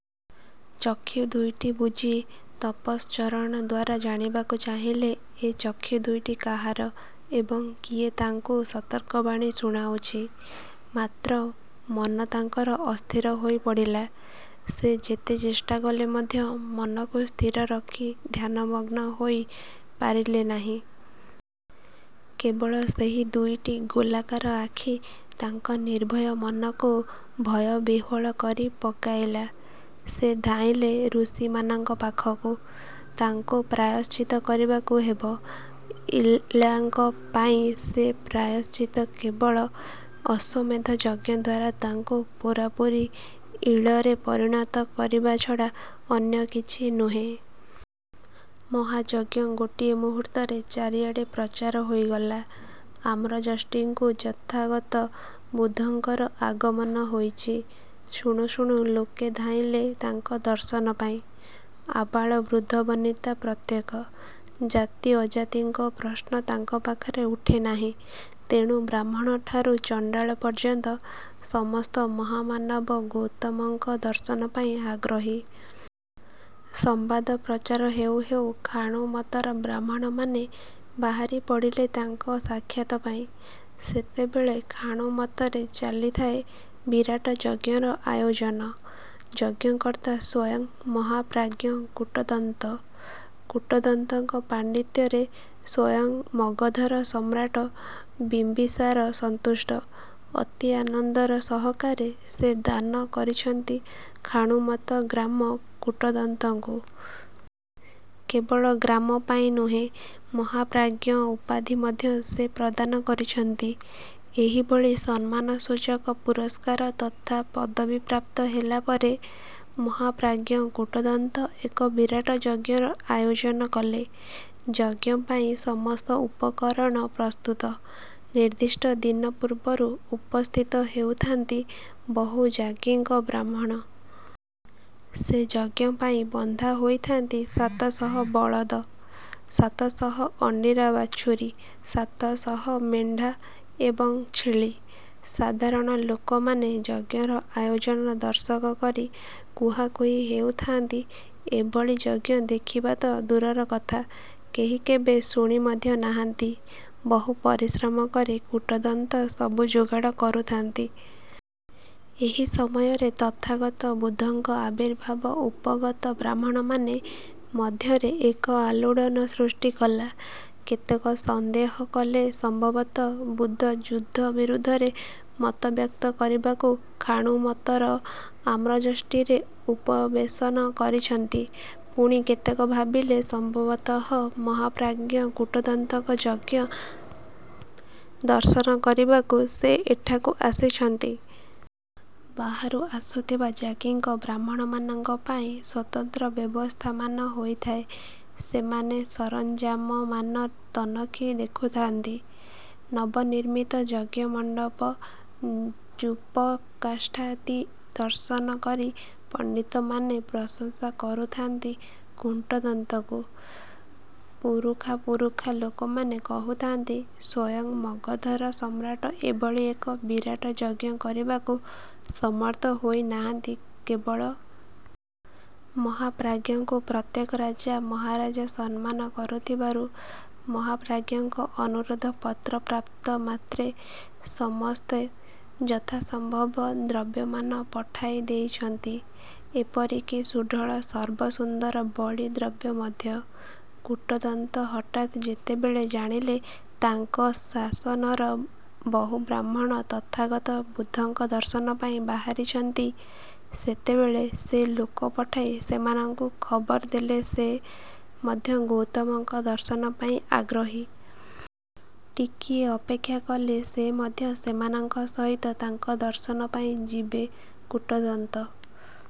ଚକ୍ଷୁ ଦୁଇଟି ବୁଜି ତପଶ୍ଚରଣ ଦ୍ୱାରା ଜାଣିବାକୁ ଚାହିଁଲେ ଏ ଚକ୍ଷୁ ଦୁଇଟି କାହାର ଏବଂ କିଏ ତାଙ୍କୁ ସତର୍କବାଣୀ ଶୁଣାଉଛି। ମାତ୍ର ମନ ତାଙ୍କର ଅସ୍ଥିର ହୋଇ ପଡ଼ିଲା। ସେ ଯେତେ ଚେଷ୍ଟାକଲେ ମଧ୍ୟ ମନକୁ ସ୍ଥିର ରଖି ଧ୍ୟାନମଗ୍ନ ହୋଇ ପାରିଲେ ନାହିଁ। କେବଳ ସେହି ଦୁଇଟି ଗୋଲାକାର ଆଖି ତାଙ୍କ ନିର୍ଭୟ ମନକୁ ଭୟ ବିହ୍ୱଳ କରି ପକାଇଲା। ସେ ଧାଇଁଲେ ଋଷିମାନଙ୍କ ପାଖକୁ। ତାଙ୍କୁ ପ୍ରାୟଶ୍ଚିତ କରିବାକୁ ହେବ ଇଳାଙ୍କ ପାଇଁ ସେ ପ୍ରାୟଶ୍ଚିତ କେବଳ ଅଶ୍ୱମେଧ ଯଜ୍ଞଦ୍ୱାରା ତାଙ୍କୁ ପୂରାପୂରି ଇଳରେ ପରିଣତ କରିବା ଛଡ଼ା ଅନ୍ୟ କିଛି ନୁହେଁ। ମହାଯଜ୍ଞ ଗୋଟିଏ ମୁହୂର୍ତ୍ତରେ ଚାରିଆଡ଼େ ପ୍ରଚାର ହୋଇଗଲା, ଆମ୍ରଯଷ୍ଟିକୁ ତଥାଗତ ବୁଦ୍ଧଙ୍କର ଆଗମନ ହୋଇଛି। ଶୁଣୁ ଶୁଣୁ ଲୋକେ ଧାଇଁଲେ ତାଙ୍କ ଦର୍ଶନପାଇଁ। ଆବାଳବୃଦ୍ଧବନିତା ପ୍ରତ୍ୟେକ। ଜାତି ଅଜାତିଙ୍କ ପ୍ରଶ୍ନ ତାଙ୍କ ପାଖରେ ଉଠେ ନାହିଁ। ତେଣୁ ବ୍ରାହ୍ମଣଠାରୁ ଚଣ୍ଡାଳ ପର୍ଯ୍ୟନ୍ତ ସମସ୍ତ ମହାମାନବ ଗୌତମଙ୍କ ଦର୍ଶନ ପାଇଁ ଆଗ୍ରହୀ। ସମ୍ୱାଦ ପ୍ରଚାର ହେଉ ହେଉ ଖାଣୁମତର ବ୍ରାହ୍ମଣମାନେ ବାହାରି ପଡ଼ିଲେ ତାଙ୍କ ସାକ୍ଷାତ ପାଇଁ। ସେତେବେଳେ ଖାଣୁମତରେ ଚାଲିଥାଏ ବିରାଟ ଯଜ୍ଞର ଆୟୋଜନ। ଯଜ୍ଞକର୍ତ୍ତା ସ୍ୱୟଂ ମହାପ୍ରାଜ୍ଞ କୂଟଦନ୍ତ। କୂଟଦନ୍ତଙ୍କ ପାଣ୍ଡିତ୍ୟରେ ସ୍ୱୟଂ ମଗଧର ସମ୍ରାଟ ବିମ୍ୱିସାର ସନ୍ତୁଷ୍ଟ। ଅତି ଆନନ୍ଦର ସହକାରେ ସେ ଦାନ କରିଛନ୍ତି ଖାଣୁମତ ଗ୍ରାମ କୂଟଦନ୍ତଙ୍କୁ। କେବଳ ଗ୍ରାମ ନୁହେଁ ମହାପ୍ରାଜ୍ଞ ଉପାଧି ମଧ୍ୟ ସେ ପ୍ରଦାନ କରିଛନ୍ତି। ଏହିଭଳି ସମ୍ମାନ ସୂଚକ ପୁରସ୍କାର ତଥା ପଦବୀ ପ୍ରାପ୍ତ ହେଲାପରେ ମହାପ୍ରାଜ୍ଞ କୂଟଦନ୍ତ ଏକ ବିରାଟ ଯଜ୍ଞର ଆୟୋଜନ କଲେ। ଯଜ୍ଞପାଇଁ ସମସ୍ତ ଉପକରଣ ପ୍ରସ୍ତୁତ। ନିର୍ଦ୍ଦିଷ୍ଟ ଦିନ ପୂର୍ବରୁ ଉପସ୍ଥିତ ହେଉଥାନ୍ତି ବହୁ ଯାଜ୍ଞିକ ବ୍ରାହ୍ମଣ। ସେ ଯଜ୍ଞପାଇଁ ବନ୍ଧା ହୋଇଥାନ୍ତି ସାତଶହ ବଳଦ, ସାତଶହ ଅଣ୍ଡିରା ବାଛୁରୀ, ସାତଶହ ମେଣ୍ଢା ଏବଂ ଛେଳି। ସାଧାରଣ ଲୋକମାନେ ଯଜ୍ଞର ଆୟୋଜନ ଦର୍ଶକ କରି କୁହାକୁହି ହେଉଥାନ୍ତି ଏଭଳି ଯଜ୍ଞ ଦେଖିବାତ ଦୂରର କଥା କେହି କେବେ ଶୁଣି ମଧ୍ୟ ନାହାନ୍ତି। ବହୁ ପରିଶ୍ରମ କରି କୂଟଦନ୍ତ ସବୁ ଯୋଗାଡ଼ କରୁଥାନ୍ତି। ଏହି ସମୟରେ ତଥାଗତ ବୁଦ୍ଧଙ୍କ ଆବିର୍ଭାବ ଉପଗତ ବ୍ରାହ୍ମଣମାନେ ମଧ୍ୟରେ ଏକ ଆଲୋଡ଼ନ ସୃଷ୍ଟି କଲା। କେତେକ ସନ୍ଦେହ କଲେ ସମ୍ଭବତ ବୁଦ୍ଧ ଯଜ୍ଞ ବିରୁଦ୍ଧରେ ମତବ୍ୟକ୍ତ କରିବାକୁ ଖାଣୁମତର ଆମ୍ରଯଷ୍ଟିରେ ଉପବେଶନ କରିଛନ୍ତି। ପୁଣି କେତେକ ଭାବିଲେ ସମ୍ଭବତଃ ମହାପ୍ରାଜ୍ଞ କୂଟଦନ୍ତଙ୍କ ଯଜ୍ଞ ଦର୍ଶନ କରିବାକୁ ସେ ଏଠାକୁ ଆସିଛନ୍ତି-। ବାହାରୁ ଆସୁଥିବା ଯାଜ୍ଞିକ ବ୍ରାହ୍ମଣମାନଙ୍କ ପାଇଁ ସ୍ୱତନ୍ତ୍ର ବ୍ୟବସ୍ଥାମାନ ହୋଇଥାଏ ସେମାନେ ସରଞ୍ଜାମମାନ ତନଖି ଦେଖୁଥାନ୍ତି। ନବନିର୍ମିତ ଯଜ୍ଞ ମଣ୍ଡପ-ଯୂପକାଷ୍ଠାଦି ଦର୍ଶନ କରି ପଣ୍ଡିତମାନେ ପ୍ରସଂସା କରୁଥାନ୍ତି କୂଟଦନ୍ତଙ୍କୁ। ପୁରୁଖା ପୁରୁଖା ଲୋକମାନେ କହୁଥାନ୍ତି ସ୍ୱୟଂ ମଗଧର ସମ୍ରାଟ ଏଭଳି ଏକ ବିରାଟ ଯଜ୍ଞ କରବାକୁ ସମର୍ଥ ହୋଇ ନାହାନ୍ତି, କେବଳ। ମହାପ୍ରାଜ୍ଞଙ୍କୁ ପ୍ରତ୍ୟେକ ରାଜା ମହାରାଜ ସମ୍ମାନ କରୁଥିବାରୁ ମହାପ୍ରାଜ୍ଞଙ୍କ ଅନୁରୋଧ ପତ୍ର ପ୍ରାପ୍ତ ମାତ୍ରେ ସମସ୍ତେ ଯଥା ସମ୍ଭବ ଦ୍ରବ୍ୟମାନ ପଠାଇ ଦେଇଛନ୍ତି। ଏପରିକି ସୁଢ଼ଳ ସର୍ବ ସୁନ୍ଦର ବଳି ଦ୍ରବ୍ୟ ମଧ୍ୟ। କୂଟଦନ୍ତ ହଠାତ୍ ଯେତେବେଳେ ଜାଣିଲେ ତାଙ୍କ ସାଶନର ବହୁ ବ୍ରାହ୍ମଣ ତଥାଗତ ବୁଦ୍ଧଙ୍କ ଦର୍ଶନ ପାଇଁ ବାହାରିଛନ୍ତି, ସେତେବେଳେ ସେ ଲୋକପଠାଇ ସେମାନଙ୍କୁ ଖବର ଦେଲେ ସେ ମଧ୍ୟ ଗୌତମଙ୍କ ଦର୍ଶନପାଇଁ ଆଗ୍ରହୀ। ଟିକିଏ ଅପେକ୍ଷା କଲେ ସେ ମଧ୍ୟ ସେମାନଙ୍କ ସହିତ ତାଙ୍କ ଦର୍ଶନ ପାଇଁ ଯିବେ। କୂଟଦନ୍ତ